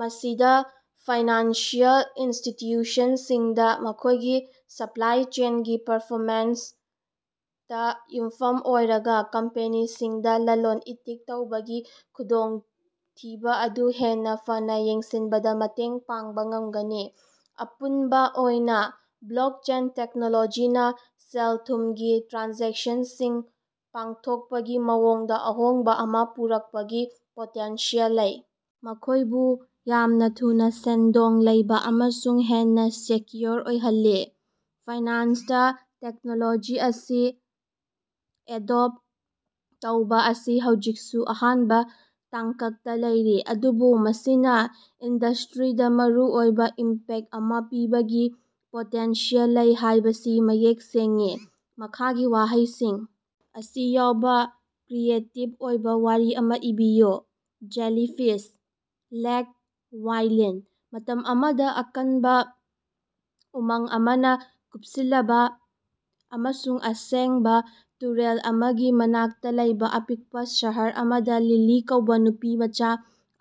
ꯃꯁꯤꯅ ꯐꯥꯏꯅꯥꯟꯁꯤꯑꯦꯜ ꯏꯟꯁꯇꯤꯇ꯭ꯌꯨꯁꯟꯁꯤꯡꯗ ꯃꯈꯣꯏꯒꯤ ꯁꯄ꯭ꯂꯥꯏ ꯆꯦꯟꯒꯤ ꯄꯔꯐꯣꯃꯦꯟꯁꯇ ꯌꯨꯝꯐꯝ ꯑꯣꯏꯔꯒ ꯀꯝꯄꯦꯅꯤꯁꯤꯡꯗ ꯂꯂꯣꯟ-ꯏꯇꯤꯛ ꯇꯧꯕꯒꯤ ꯈꯨꯗꯣꯡꯊꯤꯕ ꯑꯗꯨ ꯍꯦꯟꯅ ꯐꯅ ꯌꯦꯡꯁꯤꯟꯕꯗ ꯃꯇꯦꯡ ꯄꯥꯡꯕ ꯉꯝꯒꯅꯤ꯫ ꯑꯄꯨꯟꯕ ꯑꯣꯏꯅ ꯕ꯭ꯂꯣꯛꯆꯦꯟ ꯇꯦꯛꯅꯣꯂꯣꯖꯤꯅ ꯁꯦꯜ-ꯊꯨꯝꯒꯤ ꯇ꯭ꯔꯥꯟꯖꯦꯛꯁꯟꯁꯤꯡ ꯄꯥꯡꯊꯣꯛꯄꯒꯤ ꯃꯑꯣꯡꯗ ꯑꯍꯣꯡꯕ ꯑꯃ ꯄꯨꯔꯛꯄꯒꯤ ꯄꯣꯇꯦꯟꯁꯤꯌꯦꯜ ꯂꯩ, ꯃꯈꯣꯏꯕꯨ ꯌꯥꯝꯅ ꯊꯨꯅ, ꯁꯦꯟꯗꯣꯡ ꯂꯩꯕ ꯑꯃꯁꯨꯡ ꯍꯦꯟꯅ ꯁꯦꯀ꯭ꯌꯨꯔ ꯑꯣꯏꯍꯜꯂꯤ꯫ ꯐꯥꯏꯅꯥꯟꯁꯇ ꯇꯦꯛꯅꯣꯂꯣꯖꯤ ꯑꯁꯤ ꯑꯦꯗꯣꯞ ꯇꯧꯕ ꯑꯁꯤ ꯍꯧꯖꯤꯛꯁꯨ ꯑꯍꯥꯟꯕ ꯇꯥꯡꯀꯛꯇ ꯂꯩꯔꯤ, ꯑꯗꯨꯕꯨ ꯃꯁꯤꯅ ꯏꯟꯗꯁꯇ꯭ꯔꯤꯗ ꯃꯔꯨꯑꯣꯏꯕ ꯏꯝꯄꯦꯛ ꯑꯃ ꯄꯤꯕꯒꯤ ꯄꯣꯇꯦꯟꯁꯤꯌꯦꯜ ꯂꯩ ꯍꯥꯏꯕꯁꯤ ꯃꯌꯦꯛ ꯁꯦꯡꯏ꯫ ꯃꯈꯥꯒꯤ ꯋꯥꯍꯩꯁꯤꯡ ꯑꯁꯤ ꯌꯥꯎꯕ ꯀ꯭ꯔꯤꯌꯦꯇꯤꯕ ꯑꯣꯏꯕ ꯋꯥꯔꯤ ꯑꯃ ꯏꯕꯤꯌꯨ: ꯖꯦꯂꯤꯐꯤꯁ, ꯂꯦꯛ, ꯋꯥꯏꯂꯤꯟ꯫ ꯃꯇꯝ ꯑꯃꯗ, ꯑꯀꯟꯕ ꯎꯃꯪ ꯑꯃꯅ ꯀꯨꯞꯁꯤꯜꯂꯕ ꯑꯃꯁꯨꯡ ꯑꯁꯦꯡꯕ ꯇꯨꯔꯦꯜ ꯑꯃꯒꯤ ꯃꯅꯥꯛꯇ ꯂꯩꯕ ꯑꯄꯤꯛꯄ ꯁꯍꯔ ꯑꯃꯗ ꯂꯤꯂꯤ ꯀꯧꯕ ꯅꯨꯄꯤꯃꯆꯥ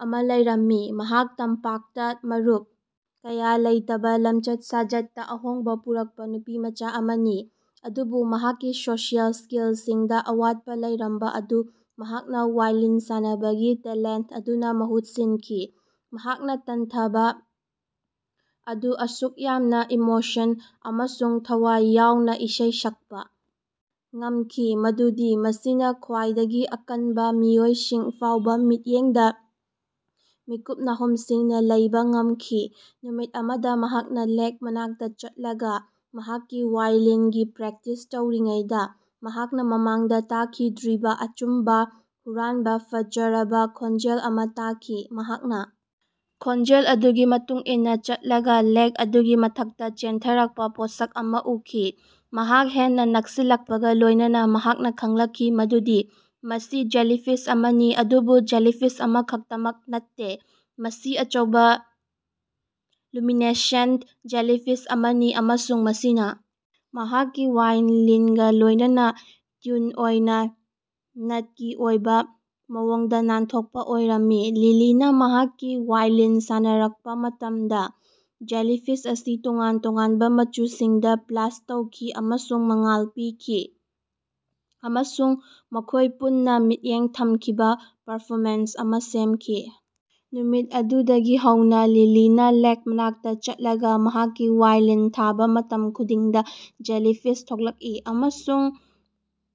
ꯑꯃ ꯂꯩꯔꯝꯃꯤ꯫ ꯃꯍꯥꯛ ꯇꯝꯄꯥꯛꯇ ꯃꯔꯨꯞ ꯀꯌꯥ ꯂꯩꯇꯕ ꯂꯝꯆꯠ ꯁꯥꯖꯠꯇ ꯑꯍꯣꯡꯕ ꯄꯨꯔꯛꯄ ꯅꯨꯄꯤꯃꯆꯥ ꯑꯃꯅꯤ꯫ ꯑꯗꯨꯕꯨ ꯃꯍꯥꯛꯀꯤ ꯁꯣꯁꯤꯑꯦꯜ ꯁ꯭ꯀꯤꯜꯁꯤꯡꯗ ꯑꯋꯥꯠꯄ ꯂꯩꯔꯝꯕ ꯑꯗꯨ ꯃꯍꯥꯛꯅ ꯋꯥꯏꯂꯤꯟ ꯁꯥꯟꯅꯕꯒꯤ ꯇꯦꯂꯦꯟꯠ ꯑꯗꯨꯅ ꯃꯍꯨꯠ ꯁꯤꯟꯈꯤ꯫ ꯃꯍꯥꯛꯅ ꯇꯟꯊꯕ ꯑꯗꯨ ꯑꯁꯨꯛ ꯌꯥꯝꯅ ꯏꯃꯣꯁꯟ ꯑꯃꯁꯨꯡ ꯊꯋꯥꯏ ꯌꯥꯎꯅ ꯏꯁꯩ ꯁꯛꯄ ꯉꯝꯈꯤ ꯃꯗꯨꯗꯤ ꯃꯁꯤꯅ ꯈ꯭ꯋꯥꯏꯗꯒꯤ ꯑꯀꯟꯕ ꯃꯤꯑꯣꯏꯁꯤꯡ ꯐꯥꯎꯕ ꯃꯤꯠꯌꯦꯡꯗ ꯃꯤꯠꯀꯨꯞ ꯅꯥꯍꯨꯝ ꯁꯤꯡꯅ ꯂꯩꯕ ꯉꯝꯈꯤ꯫ ꯅꯨꯃꯤꯠ ꯑꯃꯗ ꯃꯍꯥꯛꯅ ꯂꯦꯛ ꯃꯅꯥꯛꯇ ꯆꯠꯂꯒ, ꯃꯍꯥꯛꯀꯤ ꯋꯥꯏꯂꯤꯟꯒꯤ ꯄ꯭ꯔꯦꯛꯇꯤꯁ ꯇꯧꯔꯤꯉꯩꯗ, ꯃꯍꯥꯛꯅ ꯃꯃꯥꯡꯗ ꯇꯥꯈꯤꯗ꯭ꯔꯤꯕ ꯑꯆꯝꯕ, ꯍꯨꯔꯥꯟꯕ ꯐꯖꯔꯕ ꯈꯣꯟꯖꯦꯜ ꯑꯃ ꯇꯥꯈꯤ꯫ ꯃꯍꯥꯛꯅ ꯈꯣꯟꯖꯦꯜ ꯑꯗꯨꯒꯤ ꯃꯇꯨꯡ ꯏꯟꯅ ꯆꯠꯂꯒ ꯂꯦꯛ ꯑꯗꯨꯒꯤ ꯃꯊꯛꯇ ꯆꯦꯟꯊꯔꯛꯄ ꯄꯣꯠꯁꯛ ꯑꯃ ꯎꯈꯤ꯫ ꯃꯍꯥꯛ ꯍꯦꯟꯅ ꯅꯛꯁꯤꯜꯂꯛꯄꯒ ꯂꯣꯏꯅꯅ ꯃꯍꯥꯛꯅ ꯈꯪꯂꯛꯈꯤ ꯃꯗꯨꯗꯤ ꯃꯁꯤ ꯖꯦꯂꯤꯐꯤꯁ ꯑꯃꯅꯤ, ꯑꯗꯨꯕꯨ ꯖꯦꯂꯤꯐꯤꯁ ꯑꯃꯈꯛꯇꯃꯛ ꯅꯠꯇꯦ꯫ ꯃꯁꯤ ꯑꯆꯧꯕ, ꯂꯨꯃꯤꯅꯦꯁꯦꯟꯠ ꯖꯦꯂꯤꯐꯤꯁ ꯑꯃꯅꯤ, ꯑꯃꯁꯨꯡ ꯃꯁꯤꯅ ꯃꯍꯥꯛꯀꯤ ꯋꯥꯏꯂꯤꯟꯒ ꯂꯣꯏꯅꯅ ꯇ꯭ꯌꯨꯟ ꯑꯣꯏꯅ ꯅꯥꯠꯀꯤ ꯑꯣꯏꯕ ꯃꯑꯣꯡꯗ ꯅꯥꯟꯊꯣꯛꯄ ꯑꯣꯏꯔꯝꯃꯤ꯫ ꯂꯤꯂꯤꯅ ꯃꯍꯥꯛꯀꯤ ꯋꯥꯏꯂꯤꯟ ꯁꯥꯟꯅꯔꯛꯄ ꯃꯇꯃꯗ ꯖꯦꯂꯤꯐꯤꯁ ꯑꯁꯤ ꯇꯣꯉꯥꯟ ꯇꯣꯉꯥꯟꯕ ꯃꯆꯨꯁꯤꯡꯗ ꯄ꯭ꯂꯁ ꯇꯧꯈꯤ ꯑꯃꯁꯨꯡ ꯃꯉꯥꯜ ꯄꯤꯈꯤ, ꯑꯃꯁꯨꯡ ꯃꯈꯣꯌ ꯄꯨꯟꯅꯥ ꯃꯤꯠꯌꯦꯡ ꯊꯝꯈꯤꯕ ꯄꯔꯐꯣꯃꯦꯟꯁ ꯑꯃ ꯁꯦꯝꯈꯤ꯫ ꯅꯨꯃꯤꯠ ꯑꯗꯨꯗꯒꯤ ꯍꯧꯅ ꯂꯤꯂꯤꯅ ꯂꯦꯛ ꯃꯅꯥꯛꯇ ꯆꯠꯂꯒ ꯃꯍꯥꯛꯀꯤ ꯋꯥꯏꯂꯤꯟ ꯊꯥꯕ ꯃꯇꯝ ꯈꯨꯗꯤꯡꯗ ꯖꯦꯂꯤꯐꯤꯁ ꯊꯣꯔꯛꯏ ꯑꯃꯁꯨꯡ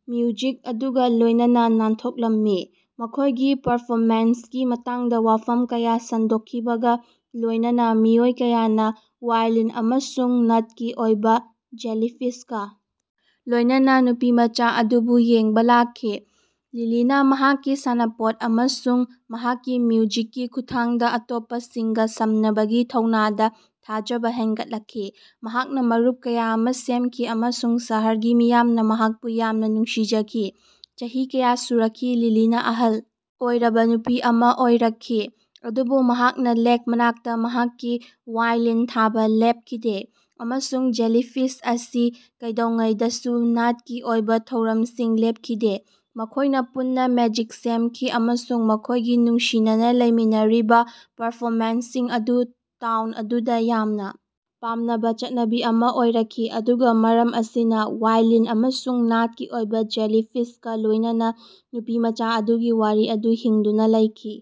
ꯃ꯭ꯌꯨꯖꯤꯛ ꯑꯗꯨꯒ ꯂꯣꯏꯅꯅ ꯅꯥꯟꯊꯣꯛꯂꯝꯃꯤ꯫ ꯃꯈꯣꯏꯒꯤ ꯄꯔꯐꯣꯃꯦꯟꯁꯀꯤ ꯃꯇꯥꯡꯗ ꯋꯥꯐꯝ ꯀꯌꯥ ꯁꯟꯗꯣꯛꯈꯤꯕꯒ ꯂꯣꯏꯅꯅ ꯃꯤꯑꯣꯏ ꯀꯌꯥꯅ ꯋꯥꯏꯂꯤꯟ ꯑꯃꯁꯨꯡ ꯅꯠꯀꯤ ꯑꯣꯏꯕ ꯖꯦꯂꯤꯐꯤꯁꯀ ꯂꯣꯏꯅꯅ ꯅꯨꯄꯤꯃꯆꯥ ꯑꯗꯨꯕꯨ ꯌꯦꯡꯅꯕ ꯂꯥꯛꯈꯤ꯫ ꯂꯤꯂꯤꯅ ꯃꯍꯥꯛꯀꯤ ꯁꯥꯟꯅꯄꯣꯠ ꯑꯃꯁꯨꯡ ꯃꯍꯥꯛꯀꯤ ꯃ꯭ꯌꯨꯖꯤꯛꯀꯤ ꯈꯨꯠꯊꯥꯡꯗ ꯑꯇꯣꯞꯄꯁꯤꯡꯒ ꯁꯝꯅꯕꯒꯤ ꯊꯧꯅꯥꯗ ꯊꯥꯖꯕ ꯍꯦꯟꯒꯠꯂꯛꯈꯤ꯫ ꯃꯍꯥꯛꯅ ꯃꯔꯨꯞ ꯀꯌꯥ ꯑꯃ ꯁꯦꯝꯈꯤ, ꯑꯃꯁꯨꯡ ꯁꯍꯔꯒꯤ ꯃꯤꯌꯥꯝꯅ ꯃꯍꯥꯛꯄꯨ ꯌꯥꯝꯅ ꯅꯨꯡꯁꯤꯖꯈꯤ꯫ ꯆꯍꯤ ꯀꯌꯥ ꯁꯨꯔꯛꯈꯤ, ꯂꯤꯂꯤꯅ ꯑꯍꯜ ꯑꯣꯏꯔꯕ ꯅꯨꯄꯤ ꯑꯃ ꯑꯣꯏꯔꯛꯈꯤ, ꯑꯗꯨꯕꯨ ꯃꯍꯥꯛꯅ ꯂꯦꯛ ꯃꯅꯥꯛꯇ ꯃꯍꯥꯛꯀꯤ ꯋꯥꯏꯂꯤꯟ ꯊꯥꯕ ꯂꯦꯞꯈꯤꯗꯦ꯫ ꯑꯃꯁꯨꯡ ꯖꯦꯂꯤꯐꯤꯁ ꯑꯁꯤ ꯀꯩꯗꯧꯉꯩꯗꯁꯨ ꯅꯥꯠꯀꯤ ꯑꯣꯏꯕ ꯊꯧꯔꯝꯁꯤꯡ ꯂꯦꯞꯈꯤꯗꯦ꯫ ꯃꯈꯣꯏꯅ ꯄꯨꯟꯅ ꯃꯦꯖꯤꯛ ꯁꯦꯝꯈꯤ, ꯑꯃꯁꯨꯡ ꯃꯈꯣꯏꯒꯤ ꯅꯨꯡꯁꯤꯅꯅ ꯂꯩꯃꯤꯟꯅꯔꯤꯕ ꯄꯔꯐꯣꯃꯦꯟꯁꯁꯤꯡ ꯑꯗꯨ ꯇꯥꯎꯟ ꯑꯗꯨꯗ ꯌꯥꯝꯅ ꯄꯥꯝꯅꯕ ꯆꯠꯅꯕꯤ ꯑꯃ ꯑꯣꯏꯔꯛꯈꯤ꯫ ꯑꯗꯨꯒ ꯃꯔꯝ ꯑꯁꯤꯅ, ꯋꯥꯏꯂꯤꯟ ꯑꯃꯁꯨꯡ ꯅꯥꯠꯀꯤ ꯑꯣꯏꯕ ꯖꯦꯂꯤꯐꯤꯁꯀ ꯂꯣꯏꯅꯅ ꯅꯨꯄꯤꯃꯆꯥ ꯑꯗꯨꯒꯤ ꯋꯥꯔꯤ ꯑꯗꯨ ꯍꯤꯡꯗꯨꯅ ꯂꯩꯈꯤ꯫